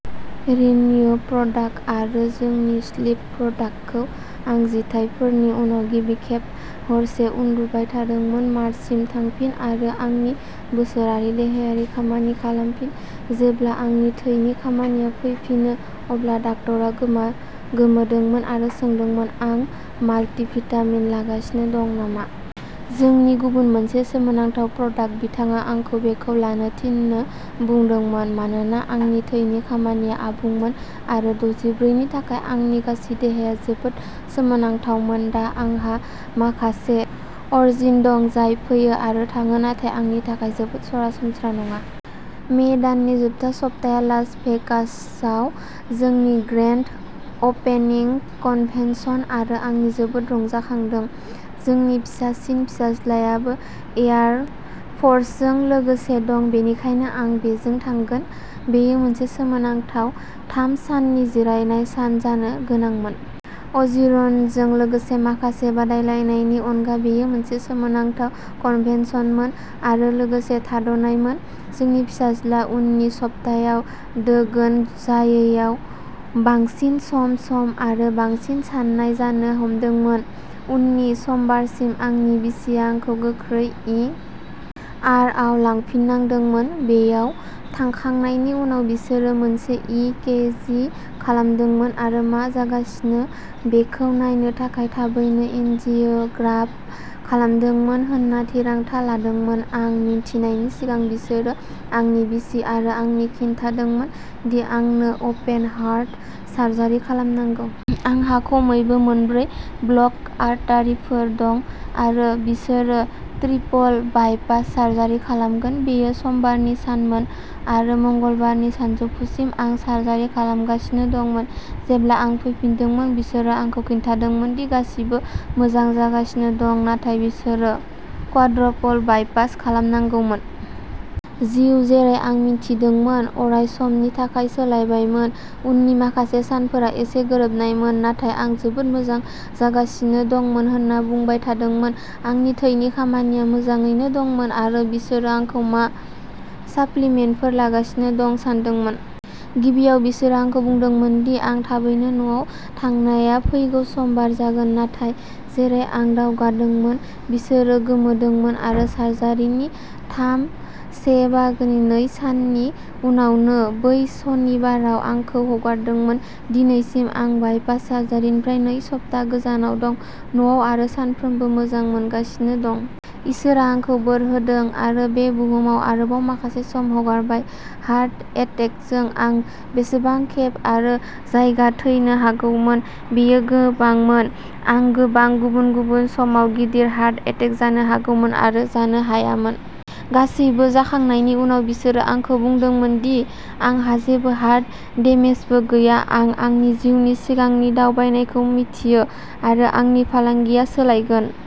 Renew product आरो जोंनि slip प्रडाक्टखौ आं जिथाइफोरनि उनाव गिबि खेब हरसे उन्दुबाय थादोंमोन। मार्चसिम थांफिन आरो आंनि बोसोरारि देहायारि खामानि खालामफिन। जेब्ला आंनि थैनि खामानिया फैफिनो, अब्ला डाक्टारा गोमोदोंमोन आरो सोंदोंमोन आं माल्टि-भिटामिन लागासिनो दं नामा। जोंनि गुबुन मोनसे सोमोनांथाव प्रडाक्ट। बिथाङा आंखौ बेखौ लानो थिनो बुंदोंमोन मानोना आंनि थैनि खामानिया आबुंमोन आरो द'जिब्रै नि थाखाय आंनि गासै देहाया जोबोद सोमोनांथावमोन। दा आंहा माखासे अजीर्ण दं जाय फैयो आरो थाङो नाथाय आंनि थाखाय जोबोद सरासनस्रा नङा। मे दाननि जोबथा सप्ताया लास भेगासआव जोंनि ग्रेन्ड ओपनिं कन्भेन्सन, आरो आं जोबोद रंजाखांदों। जोंनि फिसासिन फिसाज्लायाबो एयार फर्सजों लोगोसे दं, बेनिखायनो आं बेजों थागोन। बेयो मोनसे सोमोनांथाव थाम साननि जिरायनाय सान जानो गोनांमोन। अजीर्णजों लोगोसे माखासे बादायलायनायनि अनगा बेयो मोनसे सोमोनांथाव कन्भेन्सनमोन आरो लोगोसे थाथ'नायमोन। जोंनि फिसाज्ला। उननि सप्तायाव दोगोन जायैयाव बांसिन सम सम आरो बांसिन सानाय जानो हमदोंमोन। उननि समबारसिम, आंनि बिसिया आंखौ गोख्रै इ. आर. आव लांफिननांदोंमोन। बैयाव थांखांनायनि उनाव बिसोरो मोनसे इ. के. जि. खालामदोंमोन आरो मा जागासिनो बेखौ नायनो थाखाय थाबैनो एन्जियोग्राम खालामनांगौ होनना थिरांथा लादोंमोन। आं मिन्थिनायनि सिगां, बिसोरो आंनि बिसि आरो आंनो खिन्थादोंमोन दि आंनो अपेन हार्ट सार्जारि खालामनांगौ। आंहा खमैबो मोनब्रै ब्ल'क आर्टेरिफोर दं, आरो बिसोरो ट्रिपल बाइपास सार्जारि खालामगोन। बेयो समबारनि सानमोन, आरो मंगलबारनि सानजौफुसिम आं सार्जारि खालामगासिनो दंमोन। जेब्ला आं फैदोंमोन, बिसोरो आंखौ खिन्थादोंमोन दि गासिबो मोजां जागासिनो दं, नाथाय बिसोरो क्वाड्रपल बाइपास खालामनांगौमोन। जिउ, जेरै आं मिथिदोंमोन, अरायसमनि थाखाय सोलायबायमोन। उननि माखासे सानफोरा एसे गोरोबनायमोन, नाथाय आं जोबोद मोजां जागासिनो दंमोन होनना बुंबाय थादोंमोन। आंनि थैनि खामानिया मोजाङैनो दंमोन, आरो बिसोरो आंखौ मा साप्लिमेन्टफोर लागासिनो दं सोंदोंमोन। गिबियाव, बिसोरो आंखौ बुंदोंमोन दि आं थाबैनो न'आव थांनाया फैगौ समबार जागोन। नाथाय, जेरै आं दावगादोंमोन, बिसोरो गोमोदोंमोन आरो सार्जारिनि थामजि से/नै साननि उनावनो बै सनिबाराव आंखौ हगारदोंमोन। दिनैसिम आं बाइपास सार्जारिनिफ्राय नै सप्ता गोजानाव दं, न'आव आरो सानफ्रोमबो मोजां मोनगासिनो दं। इसोरआ आंखौ बोर होदों आरो बे बुहुमाव आरोबाव माखासे सम हगारबाय। हार्ट एटेकजों आं बेसेबां खेब आरो जायगा थैनो हागौमोन बेयो गोबांमोन। आं गोबां गुबुन-गुबुन समाव गिदिर हार्ट एटेक जानो हागौमोन आरो जानो हायामोन। गासैबो जाखांनायनि उनाव, बिसोरो आंखौ बुंदोंमोन दि आंहा जेबो हार्ट डेमेजबो गैया। आं आंनि जिउनि सिगांनि दावबायनायखौ मिथियो, आरो आंनि फालांगिया सोलायगोन।